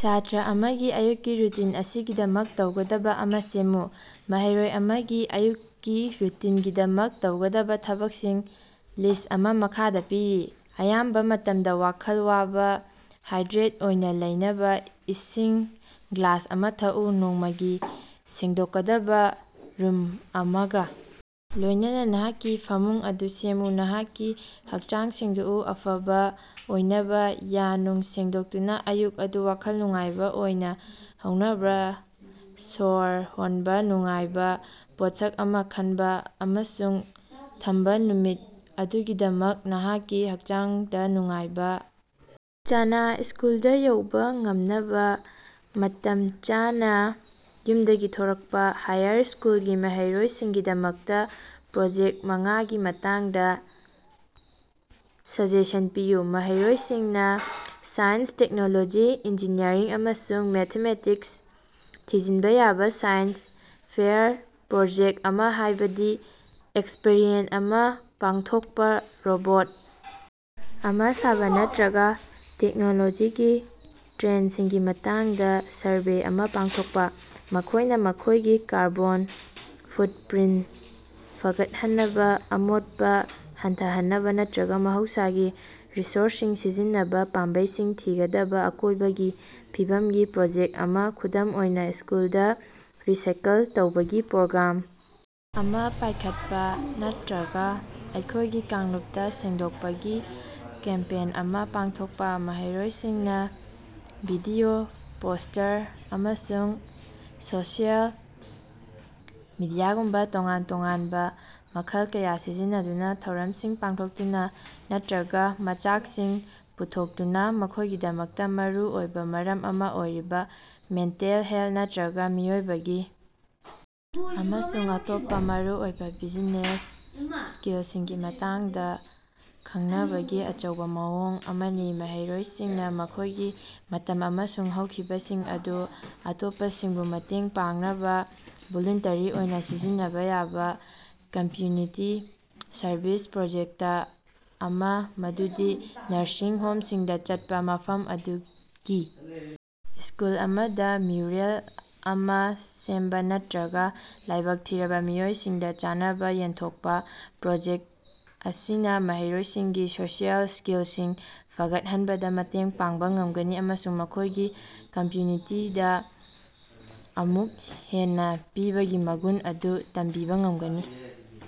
ꯁꯥꯇ꯭ꯔ ꯑꯃꯒꯤ ꯑꯌꯨꯛꯀꯤ ꯔꯨꯇꯤꯟ ꯑꯃꯒꯤꯗꯃꯛ ꯇꯧꯒꯗꯕ ꯑꯃ ꯁꯦꯝꯃꯨ꯫ ꯃꯍꯩꯔꯣꯏ ꯑꯃꯒꯤ ꯑꯌꯨꯛꯀꯤ ꯔꯨꯇꯤꯟꯒꯤꯗꯃꯛ ꯇꯧꯒꯗꯕꯥ ꯊꯕꯛꯁꯤꯡꯒꯤ ꯂꯤꯁ꯭ꯠ ꯑꯃ ꯃꯈꯥꯗ ꯄꯤꯔꯤ: ꯑꯌꯥꯝꯕꯥ ꯃꯇꯝꯗꯥ ꯋꯥꯈꯜ ꯋꯥꯕꯥ ꯍꯥꯏꯗ꯭ꯔꯦꯠ ꯑꯣꯏꯅꯥ ꯂꯩꯅꯕꯥ ꯏꯁꯤꯡ ꯒ꯭ꯂꯥꯁ ꯑꯃ ꯊꯛꯎ꯫ ꯅꯣꯡꯃꯒꯤ ꯁꯦꯡꯗꯣꯛꯀꯗꯕ ꯔꯨꯝ ꯑꯃꯒ ꯂꯣꯢꯅꯅ ꯅꯍꯥꯛꯀꯤ ꯐꯃꯨꯡ ꯑꯗꯨ ꯁꯦꯝꯃꯨ ꯅꯍꯥꯛꯀꯤ ꯍꯛꯆꯥꯡ ꯁꯦꯡꯗꯣꯛꯎ ꯫ ꯑꯐꯕ ꯑꯣꯏꯅꯕ ꯌꯥ ꯅꯨꯡ ꯁꯦꯡꯗꯣꯛꯇꯨꯅ ꯑꯌꯨꯛ ꯑꯗꯨ ꯋꯥꯈꯜ ꯅꯨꯡꯉꯥꯏꯕ ꯑꯣꯏꯅ ꯍꯧꯅꯕꯥ ꯁꯣꯔ ꯍꯣꯟꯕ ꯅꯨꯡꯉꯥꯏꯕ ꯄꯣꯠꯁꯛ ꯑꯃ ꯈꯟꯕ ꯑꯃꯁꯨꯡ ꯊꯝꯕ ꯅꯨꯃꯤꯠ ꯑꯗꯨꯒꯤꯗꯃꯛ ꯅꯍꯥꯛꯀꯤ ꯍꯛꯆꯥꯡꯗ ꯅꯨꯡꯉꯥꯏꯕ ꯆꯥꯅꯥ ꯁ꯭ꯀꯨꯜꯗꯥ ꯌꯧꯕꯥ ꯉꯝꯅꯕ ꯃꯇꯝ ꯆꯥꯅꯥ ꯌꯨꯝꯗꯒꯤ ꯊꯣꯔꯛꯄꯥ꯫ ꯍꯥꯌꯔ ꯁ꯭ꯀꯨꯜꯒꯤ ꯃꯍꯩꯔꯣꯢꯁꯤꯡꯒꯤꯗꯃꯛꯇ ꯄ꯭ꯔꯣꯖꯦꯛꯇ ꯃꯉꯥꯒꯤ ꯃꯇꯥꯡꯗ ꯁꯖꯦꯁꯟ ꯄꯤꯌꯨ꯫ ꯃꯍꯩꯔꯣꯏꯁꯤꯡꯅ ꯁꯥꯏꯟꯁ, ꯇꯦꯛꯅꯣꯂꯣꯖꯤ, ꯏꯟꯖꯤꯅꯤꯌꯔꯤꯡ ꯑꯃꯁꯨꯡ ꯃꯦꯊꯃꯦꯇꯤꯛꯁ ꯊꯤꯖꯤꯟꯕ ꯌꯥꯕꯥ ꯁꯥꯏꯟꯁ ꯐꯦꯌꯔ ꯄ꯭ꯔꯣꯖꯦꯛꯇ ꯑꯃ ꯍꯥꯢꯕꯗꯤ ꯑꯦꯛꯁꯄꯔꯤꯃꯦꯟꯇ ꯑꯃꯥ ꯄꯥꯡꯊꯣꯛꯄ ꯔꯣꯕꯣꯠ ꯑꯃ ꯁꯥꯕ ꯅꯠꯇ꯭ꯔꯒ ꯇꯦꯛꯅꯣꯂꯣꯖꯤꯒꯤ ꯇ꯭ꯔꯦꯟꯗꯁꯤꯡꯒꯤ ꯃꯇꯥꯡꯗꯥ ꯁꯔꯚꯦ ꯑꯃꯥ ꯄꯥꯡꯊꯣꯛꯄ꯫ ꯃꯈꯣꯢꯅ ꯃꯈꯣꯢꯒꯤ ꯀꯥꯔꯕꯣꯟ ꯐꯨꯠꯄ꯭ꯔꯤꯟꯇ ꯐꯒꯠꯍꯟꯅꯕ ꯑꯃꯣꯠꯄꯥ ꯍꯟꯊꯍꯟꯅꯕ ꯅꯠꯇ꯭ꯔꯒ ꯃꯍꯧꯁꯥꯒꯤ ꯔꯤꯁꯣꯔꯁꯁꯤꯡ ꯁꯤꯖꯤꯟꯅꯕ ꯄꯥꯝꯕꯩꯁꯤꯡ ꯊꯤꯒꯗꯕꯥ ꯑꯀꯣꯢꯕꯒꯤ ꯐꯤꯕꯝꯒꯤ ꯄ꯭ꯔꯣꯖꯦꯛꯇ ꯑꯃꯥ, ꯈꯨꯗꯝ ꯑꯣꯏꯅ ꯁ꯭ꯀꯨꯜꯗ ꯔꯤꯁꯥꯏꯀꯜ ꯇꯧꯕꯒꯤ ꯄ꯭ꯔꯣꯒ꯭ꯔꯥꯝ ꯑꯃ ꯄꯥꯢꯈꯠꯄ ꯅꯠꯇ꯭ꯔꯒꯥ ꯑꯩꯈꯣꯢꯒꯤ ꯀꯥꯡꯂꯨꯞꯇ ꯁꯦꯡꯗꯣꯛꯄꯒꯤ ꯀꯦꯝꯄꯦꯟ ꯑꯃ ꯄꯥꯡꯊꯣꯛꯄꯥ꯫ ꯃꯍꯩꯔꯣꯏꯁꯤꯡꯅꯥ ꯚꯤꯗꯤꯑꯣ, ꯄꯣꯁ꯭ꯇꯔ, ꯑꯃꯁꯨꯡ ꯁꯣꯁꯤꯑꯦꯜ ꯃꯤꯗꯤꯌꯥꯒꯨꯝꯕꯥ ꯇꯣꯉꯥꯟ-ꯇꯣꯉꯥꯟꯕꯥ ꯃꯈꯜ ꯀꯌꯥ ꯁꯤꯖꯤꯟꯅꯗꯨꯅ ꯊꯧꯔꯝꯁꯤꯡ ꯄꯥꯡꯊꯣꯛꯇꯨꯅ ꯅꯠꯇ꯭ꯔꯒꯥ ꯃꯆꯥꯛꯁꯤꯡ ꯄꯨꯊꯣꯛꯇꯨꯅ ꯃꯈꯣꯢꯒꯤꯗꯃꯛꯇ ꯃꯔꯨꯑꯣꯏꯕ ꯃꯔꯝ ꯑꯃ ꯑꯣꯏꯔꯤꯕꯥ ꯃꯦꯟꯇꯦꯜ ꯍꯦꯜꯊ ꯅꯠꯇ꯭ꯔꯒ ꯃꯤꯑꯣꯏꯕꯒꯤ ꯑꯃꯁꯨꯡ ꯑꯇꯣꯞꯄ ꯃꯔꯨꯑꯣꯏꯕ ꯕꯤꯖꯤꯅꯦꯁ ꯁꯀꯤꯜꯁꯤꯡꯒꯤ ꯃꯇꯥꯡꯗ ꯈꯡꯅꯕꯒꯤ ꯑꯆꯧꯕꯥ ꯃꯑꯣꯡ ꯑꯃꯅꯤ꯫ ꯃꯍꯩꯔꯣꯢꯁꯤꯡꯅ ꯃꯈꯣꯢꯒꯤ ꯃꯇꯝ ꯑꯃꯁꯨꯡ ꯍꯩꯁꯤꯡꯕꯁꯤꯡ ꯑꯗꯨ ꯑꯇꯣꯞꯄꯁꯤꯡꯕꯨ ꯃꯇꯦꯡ ꯄꯥꯡꯅꯕ ꯚꯣꯂꯨꯟꯇꯔꯤ ꯑꯣꯏꯅ ꯁꯤꯖꯤꯟꯅꯕ ꯌꯥꯕ ꯀꯝꯃ꯭ꯌꯨꯅꯤꯇꯤ ꯁꯔꯚꯤꯁ ꯄ꯭ꯔꯣꯖꯦꯛꯇ ꯑꯃ ꯃꯗꯨꯗꯤ ꯅꯔꯁꯤꯡ ꯍꯣꯝꯁꯤꯡꯗ ꯆꯠꯄ ꯃꯐꯝ ꯑꯗꯨꯒꯤ ꯁ꯭ꯀꯨꯜ ꯑꯃꯗꯥ ꯃ꯭ꯌꯨꯔꯦꯜ ꯑꯃꯥ ꯁꯦꯝꯕ ꯅꯠꯇ꯭ꯔꯒꯥ ꯂꯥꯏꯕꯛ ꯊꯤꯔꯕ ꯃꯤꯑꯣꯏꯁꯤꯡꯗ ꯆꯥꯅꯕ ꯌꯦꯟꯊꯣꯛꯄ꯫ ꯄ꯭ꯔꯣꯖꯦꯛꯇ ꯑꯁꯤꯅꯥ ꯃꯍꯩꯔꯣꯏꯁꯤꯡꯒꯤ ꯁꯣꯁꯤꯑꯦꯜ ꯁ꯭ꯀꯤꯜꯁꯤꯡ ꯐꯒꯠꯍꯟꯕꯗ ꯃꯇꯦꯡ ꯄꯥꯡꯕ ꯉꯝꯒꯅꯤ ꯑꯃꯁꯨꯡ ꯃꯈꯣꯢꯒꯤ ꯀꯝꯃ꯭ꯌꯨꯅꯤꯇꯤꯗꯥ ꯑꯃꯨꯛ ꯍꯦꯟꯅ ꯄꯤꯕꯒꯤ ꯃꯒꯨꯟ ꯑꯗꯨ ꯇꯝꯕꯤꯕꯥ ꯉꯝꯒꯅꯤ꯫